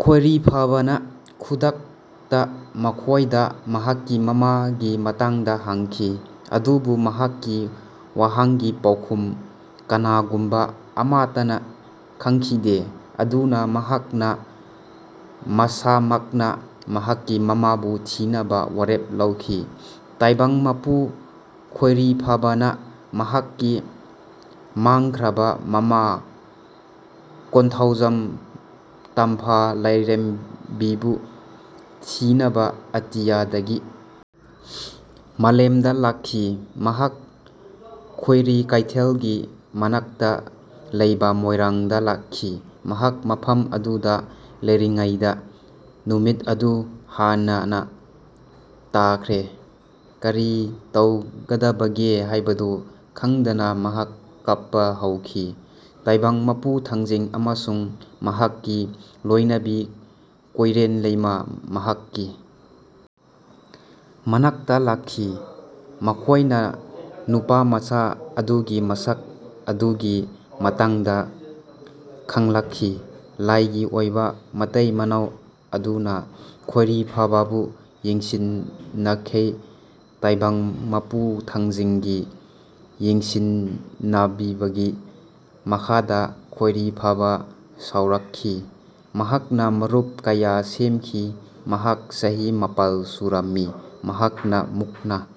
ꯈꯣꯏꯔꯤꯐꯥꯕꯥꯅ ꯈꯨꯗꯛꯇ ꯃꯈꯣꯏꯗ ꯃꯍꯥꯛꯀꯤ ꯃꯃꯥꯒꯤ ꯃꯇꯥꯡꯗ ꯍꯪꯈꯤ꯫ ꯑꯗꯨꯕꯨ ꯃꯍꯥꯛꯀꯤ ꯋꯥꯍꯪꯒꯤ ꯄꯥꯎꯈꯨꯝ ꯀꯅꯥꯒꯨꯝꯕ ꯑꯃꯠꯇꯅ ꯈꯪꯈꯤꯗꯦ꯫ ꯑꯗꯨꯅ ꯃꯍꯥꯛꯅ ꯃꯁꯥꯃꯛꯅ ꯃꯍꯥꯛꯀꯤ ꯃꯃꯥꯕꯨ ꯊꯤꯅꯕ ꯋꯥꯔꯦꯞ ꯂꯧꯈꯤ꯫ ꯇꯥꯏꯕꯪ ꯃꯄꯨ ꯈꯣꯔꯤꯐꯥꯕꯥꯅ ꯃꯍꯥꯛꯀꯤ ꯃꯥꯡꯈ꯭ꯔꯕ ꯃꯃꯥ ꯀꯣꯟꯊꯣꯖꯝ ꯇꯝꯐꯥ ꯂꯥꯏꯔꯦꯝꯕꯤꯕꯨ ꯊꯤꯅꯕ ꯑꯇꯤꯌꯥꯗꯒꯤ ꯃꯥꯂꯦꯝꯗ ꯂꯥꯛꯈꯤ꯫ ꯃꯍꯥꯛ ꯈꯣꯏꯔꯤ ꯀꯩꯊꯦꯜꯒꯤ ꯃꯅꯥꯛꯇ ꯂꯩꯕ ꯃꯣꯏꯔꯥꯡꯗ ꯂꯥꯛꯈꯤ꯫ ꯃꯍꯥꯛ ꯃꯐꯝ ꯑꯗꯨꯗ ꯂꯩꯔꯤꯉꯩꯗ ꯅꯨꯃꯤꯠ ꯑꯗꯨ ꯍꯥꯟꯅꯅ ꯇꯥꯈ꯭ꯔꯦ꯫ ꯀꯔꯤ ꯇꯧꯒꯗꯒꯦ ꯍꯥꯏꯕꯗꯨ ꯈꯪꯗꯅ ꯃꯍꯥꯛ ꯀꯞꯄ ꯍꯧꯈꯤ꯫ ꯇꯥꯏꯕꯪ ꯃꯄꯨ ꯊꯥꯡꯖꯤꯡ ꯑꯃꯁꯨꯡ ꯃꯍꯥꯛꯀꯤ ꯂꯣꯏꯅꯕꯤ ꯀꯣꯏꯔꯦꯟ ꯂꯩꯃꯥ ꯃꯍꯥꯛꯀꯤ ꯃꯅꯥꯛꯇ ꯂꯥꯛꯈꯤ꯫ ꯃꯈꯣꯏꯅ ꯅꯨꯄꯥꯃꯆꯥ ꯑꯗꯨꯒꯤ ꯃꯁꯛ ꯑꯗꯨꯒꯤ ꯃꯇꯥꯡꯗ ꯈꯪꯂꯛꯈꯤ꯫ ꯂꯥꯏꯒꯤ ꯑꯣꯏꯕ ꯃꯇꯩ ꯃꯅꯥꯎ ꯑꯗꯨꯅ ꯈꯣꯏꯔꯤꯐꯥꯕꯥꯕꯨ ꯌꯦꯡꯁꯤꯟꯈꯤ꯫ ꯇꯥꯏꯕꯪ ꯃꯄꯨ ꯊꯥꯡꯖꯤꯡꯒꯤ ꯌꯦꯡꯁꯤꯟꯕꯤꯕꯒꯤ ꯃꯈꯥꯗ ꯈꯣꯏꯔꯤꯐꯥꯕꯥ ꯁꯥꯎꯔꯛꯈꯤ꯫ ꯃꯍꯥꯛꯅ ꯃꯔꯨꯞ ꯀꯌꯥ ꯁꯦꯝꯈꯤ꯫ ꯃꯍꯥꯛ ꯆꯍꯤ ꯃꯥꯄꯜ ꯁꯨꯔꯝꯃꯤ꯫ ꯃꯍꯥꯛꯅ ꯃꯨꯛꯅꯥ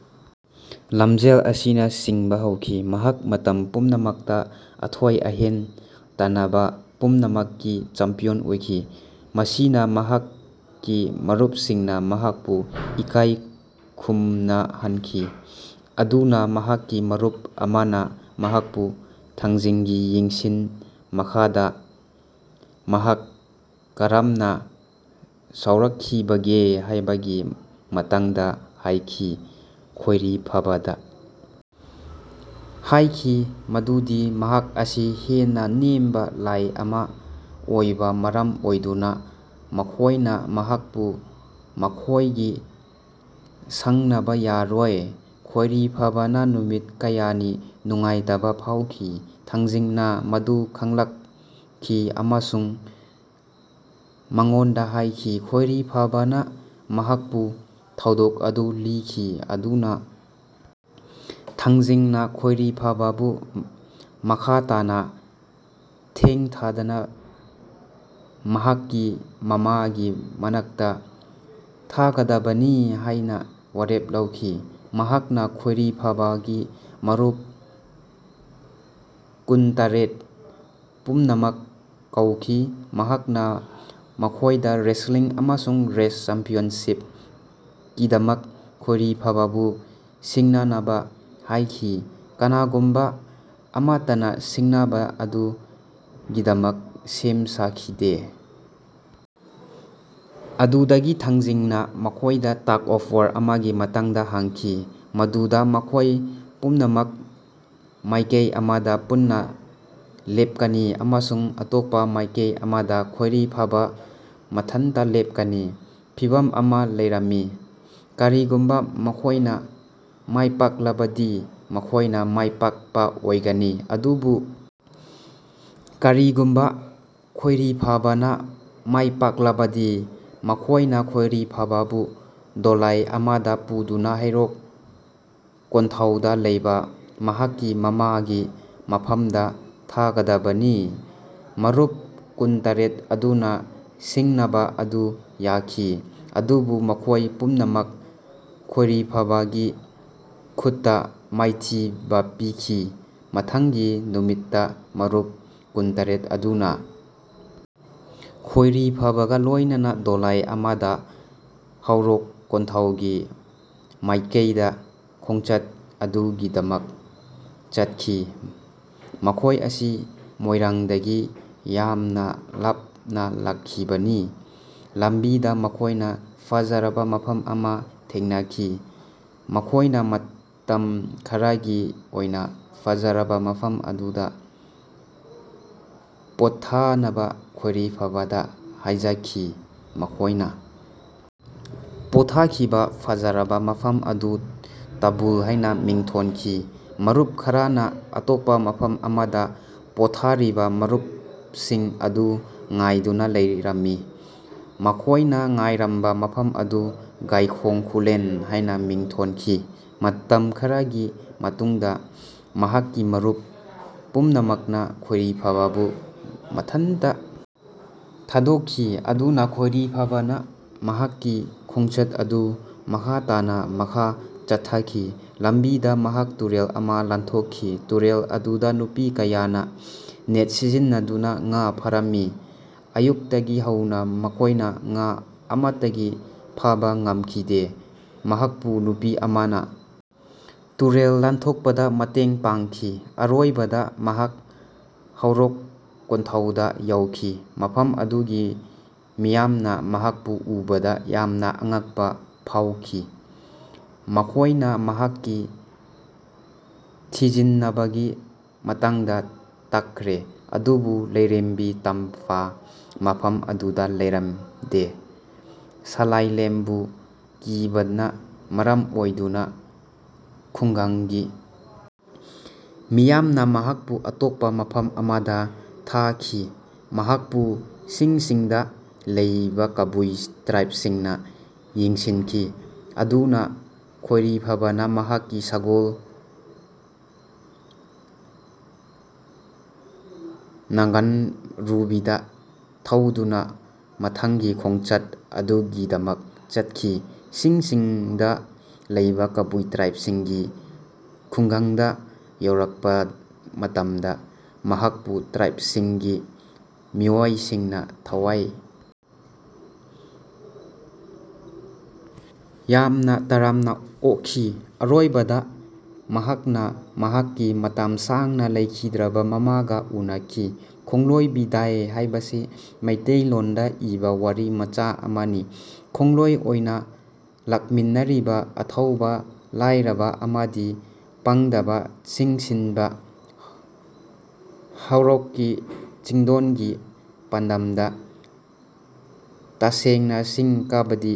ꯂꯝꯖꯦꯜ ꯑꯁꯤꯅꯆꯤꯡꯕ ꯍꯧꯈꯤ꯫ ꯃꯍꯥꯛ ꯃꯇꯝ ꯄꯨꯝꯅꯃꯛꯇ ꯑꯊꯣꯏ ꯑꯍꯦꯟ ꯇꯥꯟꯅꯕ ꯄꯨꯝꯅꯃꯛꯀꯤ ꯆꯦꯝꯄꯤꯌꯟ ꯑꯣꯏꯈꯤ꯫ ꯃꯁꯤꯅ ꯃꯍꯥꯛꯀꯤ ꯃꯔꯨꯞꯁꯤꯡꯅ ꯃꯍꯥꯛꯄꯨ ꯏꯀꯥꯏ ꯈꯨꯝꯅꯍꯟꯈꯤ꯫ ꯑꯗꯨꯅ ꯃꯍꯥꯛꯀꯤ ꯃꯔꯨꯞ ꯑꯃꯅ ꯃꯍꯥꯛꯄꯨ ꯊꯥꯡꯖꯤꯡꯒꯤ ꯌꯦꯡꯁꯤꯟ ꯃꯈꯥꯗ ꯃꯍꯥꯛ ꯀꯔꯝꯅ ꯆꯥꯎꯔꯛꯈꯤꯕꯒꯦ ꯍꯥꯏꯕꯒꯤ ꯃꯇꯥꯡꯗ ꯍꯥꯏꯈꯤ꯫ ꯈꯣꯔꯤꯐꯥꯕꯥꯗ ꯍꯥꯏꯈꯤ ꯃꯗꯨꯗꯤ ꯃꯍꯥꯛ ꯑꯁꯤ ꯍꯦꯟꯅ ꯅꯦꯝꯕ ꯂꯥꯏ ꯑꯃ ꯑꯣꯏꯕꯅ ꯃꯔꯝ ꯑꯣꯏꯗꯨꯅ ꯃꯈꯣꯏꯅ ꯃꯍꯥꯛꯄꯨ ꯃꯈꯣꯏꯒ ꯁꯥꯟꯅꯕ ꯌꯥꯔꯣꯏ꯫ ꯈꯣꯔꯤꯐꯥꯕꯥꯅ ꯅꯨꯃꯤꯠ ꯀꯌꯥꯅꯤ ꯅꯨꯡꯉꯥꯏꯇꯕ ꯐꯥꯎꯈꯤ꯫ ꯊꯥꯡꯖꯤꯡꯅ ꯃꯗꯨ ꯈꯪꯂꯛꯈꯤ ꯑꯃꯁꯨꯡ ꯃꯉꯣꯟꯗ ꯍꯥꯏꯈꯤ꯫ ꯈꯣꯏꯔꯤꯐꯥꯕꯥꯅ ꯃꯍꯥꯛꯄꯨ ꯊꯧꯗꯣꯛ ꯑꯗꯨ ꯂꯤꯈꯤ꯫ ꯑꯗꯨꯅ ꯊꯥꯡꯖꯤꯡꯅ ꯈꯣꯏꯔꯤꯐꯥꯕꯥꯕꯨ ꯃꯈꯥ ꯇꯥꯅ ꯊꯦꯡꯊꯗꯅ ꯃꯍꯥꯛꯀꯤ ꯃꯃꯥꯒꯤ ꯃꯅꯥꯛꯇ ꯊꯥꯒꯗꯕꯅꯤ ꯍꯥꯏꯅ ꯋꯥꯔꯦꯞ ꯂꯧꯈꯤ꯫ ꯃꯍꯥꯛꯅ ꯈꯣꯏꯔꯤꯐꯥꯕꯥꯒꯤ ꯃꯔꯨꯞ ꯀꯨꯟꯇꯔꯦꯠ ꯄꯨꯝꯅꯃꯛ ꯀꯧꯈꯤ꯫ ꯃꯍꯥꯛꯅ ꯃꯈꯣꯏꯗ ꯔꯦꯁꯠꯂꯤꯡ ꯑꯃꯁꯨꯡ ꯔꯦꯁ ꯆꯦꯝꯄꯤꯌꯟꯁꯤꯞꯀꯤꯗꯃꯛ ꯈꯣꯏꯔꯤꯐꯥꯕꯥꯕꯨ ꯁꯤꯡꯅꯅꯕ ꯍꯥꯏꯈꯤ꯫ ꯀꯅꯥꯒꯨꯝꯕ ꯑꯃꯠꯇꯅ ꯁꯤꯡꯅꯕ ꯑꯗꯨꯒꯤꯗꯃꯛ ꯁꯦꯝ ꯁꯥꯈꯤꯗꯦ꯫ ꯑꯗꯨꯗꯒꯤ ꯊꯥꯡꯖꯤꯡꯅ ꯃꯈꯣꯏꯗ ꯇꯛ ꯑꯣꯐ ꯋꯥꯔ ꯑꯃꯒꯤ ꯃꯇꯥꯡꯗ ꯍꯪꯈꯤ ꯃꯗꯨꯗ ꯃꯈꯣꯏ ꯄꯨꯝꯅꯃꯛ ꯃꯥꯏꯀꯩ ꯑꯃꯗ ꯄꯨꯟꯅ ꯂꯦꯞꯀꯅꯤ ꯑꯃꯁꯨꯡ ꯑꯇꯣꯞꯄ ꯃꯥꯏꯀꯩ ꯑꯃꯗ ꯈꯣꯏꯔꯤꯐꯥꯕꯥ ꯃꯊꯟꯇ ꯂꯦꯞꯀꯅꯤ꯫ ꯐꯤꯚꯝ ꯑꯃ ꯂꯩꯔꯝꯃꯤ꯫ ꯀꯔꯤꯒꯨꯝꯕ ꯃꯈꯣꯏꯅ ꯃꯥꯏꯄꯥꯛꯂꯕꯗꯤ ꯃꯈꯣꯏꯅ ꯃꯥꯏꯄꯥꯛꯄ ꯑꯣꯏꯒꯅꯤ꯫ ꯑꯗꯨꯕꯨ ꯀꯔꯤꯒꯨꯝꯕ ꯈꯣꯏꯔꯤꯐꯥꯕꯥꯅ ꯃꯥꯏꯄꯥꯛꯂꯕꯗꯤ ꯃꯈꯣꯏꯅ ꯈꯣꯏꯔꯤꯐꯥꯕꯥꯕꯨ ꯗꯣꯂꯥꯏ ꯑꯃꯗ ꯄꯨꯗꯨꯅ ꯍꯥꯎꯔꯣꯛ ꯀꯣꯟꯊꯧꯗ ꯂꯩꯕ ꯃꯍꯥꯛꯀꯤ ꯃꯃꯥꯒꯤ ꯃꯐꯝꯗ ꯊꯥꯒꯗꯕꯅꯤ꯫ ꯃꯔꯨꯞ ꯀꯨꯟꯇꯔꯦꯠ ꯑꯗꯨꯅ ꯁꯤꯡꯅꯕ ꯑꯗꯨ ꯌꯥꯈꯤ꯫ ꯑꯗꯨꯕꯨ ꯃꯈꯣꯏ ꯄꯨꯝꯅꯃꯛ ꯈꯣꯏꯔꯤꯐꯥꯕꯥꯒꯤ ꯈꯨꯠꯇ ꯃꯥꯏꯊꯤꯕ ꯄꯤꯈꯤ꯫ ꯃꯊꯪꯒꯤ ꯅꯨꯃꯤꯠꯇ ꯃꯔꯨꯞ ꯀꯨꯟꯇꯔꯦꯠ ꯑꯗꯨꯅ ꯈꯣꯏꯔꯤꯐꯥꯕꯥꯒ ꯂꯣꯏꯅꯅ ꯗꯣꯂꯥꯏ ꯑꯃꯗ ꯍꯥꯎꯔꯣꯛ ꯀꯣꯟꯊꯧꯒꯤ ꯃꯥꯏꯀꯩꯗ ꯈꯣꯡꯆꯠ ꯑꯗꯨꯒꯤꯗꯃꯛ ꯆꯠꯈꯤ꯫ ꯃꯈꯣꯏ ꯑꯁꯤ ꯃꯣꯏꯔꯥꯡꯗꯒꯤ ꯌꯥꯝꯅ ꯂꯥꯞꯅ ꯂꯥꯛꯈꯤꯕꯅꯤ꯫ ꯂꯝꯕꯤꯗ ꯃꯈꯣꯏꯅ ꯐꯖꯔꯕ ꯃꯐꯝ ꯑꯃ ꯊꯦꯡꯅꯈꯤ꯫ ꯃꯈꯣꯏꯅ ꯃꯇꯝ ꯈꯔꯒꯤ ꯑꯣꯏꯅ ꯐꯖꯔꯕ ꯃꯐꯝ ꯑꯗꯨꯗ ꯄꯣꯊꯥꯅꯕ ꯈꯣꯏꯔꯤꯐꯥꯕꯥꯗ ꯍꯥꯏꯖꯈꯤ꯫ ꯃꯈꯣꯏꯅ ꯄꯣꯊꯥꯈꯤꯕ ꯐꯖꯔꯕ ꯃꯐꯝ ꯑꯗꯨ ꯇꯨꯕꯨꯜ ꯍꯥꯏꯅ ꯃꯤꯡꯊꯣꯟꯈꯤ꯫ ꯃꯔꯨꯞ ꯈꯔꯅ ꯑꯇꯣꯞꯄ ꯃꯐꯝ ꯑꯃꯗ ꯄꯣꯊꯥꯔꯤꯕ ꯃꯔꯨꯞꯁꯤꯡ ꯑꯗꯨ ꯉꯥꯏꯗꯨꯅ ꯂꯩꯔꯝꯃꯤ꯫ ꯃꯈꯣꯏꯅ ꯉꯥꯏꯔꯝꯕ ꯃꯐꯝ ꯑꯗꯨ ꯒꯥꯏꯈꯣꯡ ꯈꯨꯜꯂꯦꯟ ꯍꯥꯏꯅ ꯃꯤꯡꯊꯣꯟꯈꯤ꯫ ꯃꯇꯝ ꯈꯔꯒꯤ ꯃꯇꯨꯡꯗ ꯃꯍꯥꯛꯀꯤ ꯃꯔꯨꯞ ꯄꯨꯝꯅꯃꯛꯅ ꯈꯣꯏꯔꯤꯐꯥꯕꯥꯕꯨ ꯃꯊꯟꯇ ꯊꯥꯗꯣꯛꯈꯤ꯫ ꯑꯗꯨꯅ ꯈꯣꯏꯔꯤꯐꯥꯕꯥꯅ ꯃꯍꯥꯛꯀꯤ ꯈꯣꯡꯆꯠ ꯑꯗꯨ ꯃꯈꯥ ꯇꯥꯅ ꯃꯈꯥ ꯆꯠꯊꯈꯤ꯫ ꯂꯝꯕꯤꯗ ꯃꯍꯥꯛ ꯇꯨꯔꯦꯜ ꯑꯃ ꯂꯥꯟꯊꯣꯛꯈꯤ꯫ ꯇꯨꯔꯦꯜ ꯑꯗꯨꯗ ꯅꯨꯄꯤ ꯀꯌꯥꯅ ꯅꯦꯠ ꯁꯤꯖꯤꯟꯅꯗꯨꯅ ꯉꯥ ꯐꯥꯔꯝꯃꯤ꯫ ꯑꯌꯨꯛꯇꯒꯤ ꯍꯧꯅ ꯃꯈꯣꯏꯅ ꯉꯥ ꯑꯃꯠꯇꯒꯤ ꯐꯥꯕ ꯉꯝꯈꯤꯗꯦ꯫ ꯃꯍꯥꯛꯄꯨ ꯅꯨꯄꯤ ꯑꯃꯅ ꯇꯨꯔꯦꯜ ꯂꯥꯟꯊꯣꯛꯄꯗ ꯃꯇꯦꯡ ꯄꯥꯡꯈꯤ꯫ ꯑꯔꯣꯏꯕꯗ ꯃꯍꯥꯛ ꯍꯥꯎꯔꯣꯛ ꯀꯣꯟꯊꯣꯗ ꯌꯧꯈꯤ꯫ ꯃꯐꯝ ꯑꯗꯨꯒꯤ ꯃꯤꯌꯥꯝꯅ ꯃꯍꯥꯛꯄꯨ ꯎꯕꯗ ꯌꯥꯝꯅ ꯑꯉꯛꯄ ꯐꯥꯎꯈꯤ꯫ ꯃꯈꯣꯏꯅ ꯃꯍꯥꯛꯀꯤ ꯊꯤꯖꯤꯟꯕꯒꯤ ꯃꯇꯥꯡꯗ ꯇꯥꯈ꯭ꯔꯦ꯫ ꯑꯗꯨꯕꯨ ꯂꯥꯏꯔꯦꯝꯕꯤ ꯇꯝꯐꯥ ꯃꯐꯝ ꯑꯗꯨꯗ ꯂꯩꯔꯝꯗꯦ꯫ ꯁꯥꯂꯥꯏꯂꯦꯟꯕꯨ ꯀꯤꯕꯅ ꯃꯔꯝ ꯑꯣꯏꯗꯨꯅ ꯈꯨꯡꯒꯪꯒꯤ ꯃꯤꯌꯥꯝꯅ ꯃꯍꯥꯛꯄꯨ ꯑꯇꯣꯞꯄ ꯃꯐꯝ ꯑꯃꯗ ꯊꯥꯈꯤ꯫ ꯃꯍꯥꯛꯄꯨ ꯆꯤꯡꯁꯤꯡꯗ ꯂꯩꯕ ꯀꯥꯕꯨꯏ ꯇ꯭ꯔꯥꯏꯕꯁꯤꯡꯅ ꯌꯦꯡꯁꯤꯟꯈꯤ꯫ ꯑꯗꯨꯅ ꯈꯣꯔꯤꯐꯥꯕꯥꯅ ꯃꯍꯥꯛꯀꯤ ꯁꯒꯣꯜ ꯅꯒꯪꯒ꯭ꯔꯨꯕꯤꯗ ꯊꯧꯗꯨꯅ ꯃꯊꯪꯒꯤ ꯈꯣꯡꯆꯠ ꯑꯗꯨꯒꯤꯗꯃꯛ ꯆꯠꯈꯤ꯫ ꯆꯤꯡꯁꯤꯡꯗ ꯂꯩꯕ ꯀꯕꯨꯏ ꯇ꯭ꯔꯥꯏꯕꯁꯤꯡꯒꯤ ꯈꯨꯡꯒꯪꯗ ꯌꯧꯔꯛꯄ ꯃꯇꯝꯗ ꯃꯍꯥꯛꯄꯨ ꯇ꯭ꯔꯥꯏꯕꯁꯤꯡꯒꯤ ꯃꯤꯑꯣꯏꯁꯤꯡꯅ ꯊꯋꯥꯏ ꯌꯥꯎꯅ ꯇꯔꯥꯝꯅ ꯑꯣꯛꯈꯤ꯫ ꯑꯔꯣꯏꯕꯗ ꯃꯍꯥꯛꯅ ꯃꯍꯥꯛꯀꯤ ꯃꯇꯝ ꯁꯥꯡꯅ ꯂꯩꯈꯤꯗ꯭ꯔꯕ ꯃꯃꯥꯒ ꯎꯅꯈꯤ꯫ ꯈꯣꯡꯂꯣꯏ ꯕꯤꯗꯥꯏ ꯍꯥꯏꯕꯁꯤ ꯃꯤꯇꯩꯂꯣꯟꯗ ꯏꯕ ꯋꯥꯔꯤ ꯃꯆꯥ ꯑꯃꯅꯤ꯫ ꯈꯣꯡꯂꯣꯏ ꯑꯣꯏꯅ ꯂꯥꯛꯃꯤꯟꯅꯔꯤꯕ ꯑꯊꯧꯕ ꯂꯥꯏꯔꯕ ꯑꯃꯗꯤ ꯄꯥꯡꯗꯕ ꯆꯪꯁꯤꯟꯕ ꯍꯧꯔꯛꯏ ꯆꯤꯡꯗꯣꯟꯒꯤ ꯄꯥꯟꯗꯝꯗ꯫ ꯇꯁꯦꯡꯅ ꯆꯤꯡ ꯀꯥꯕꯗꯤ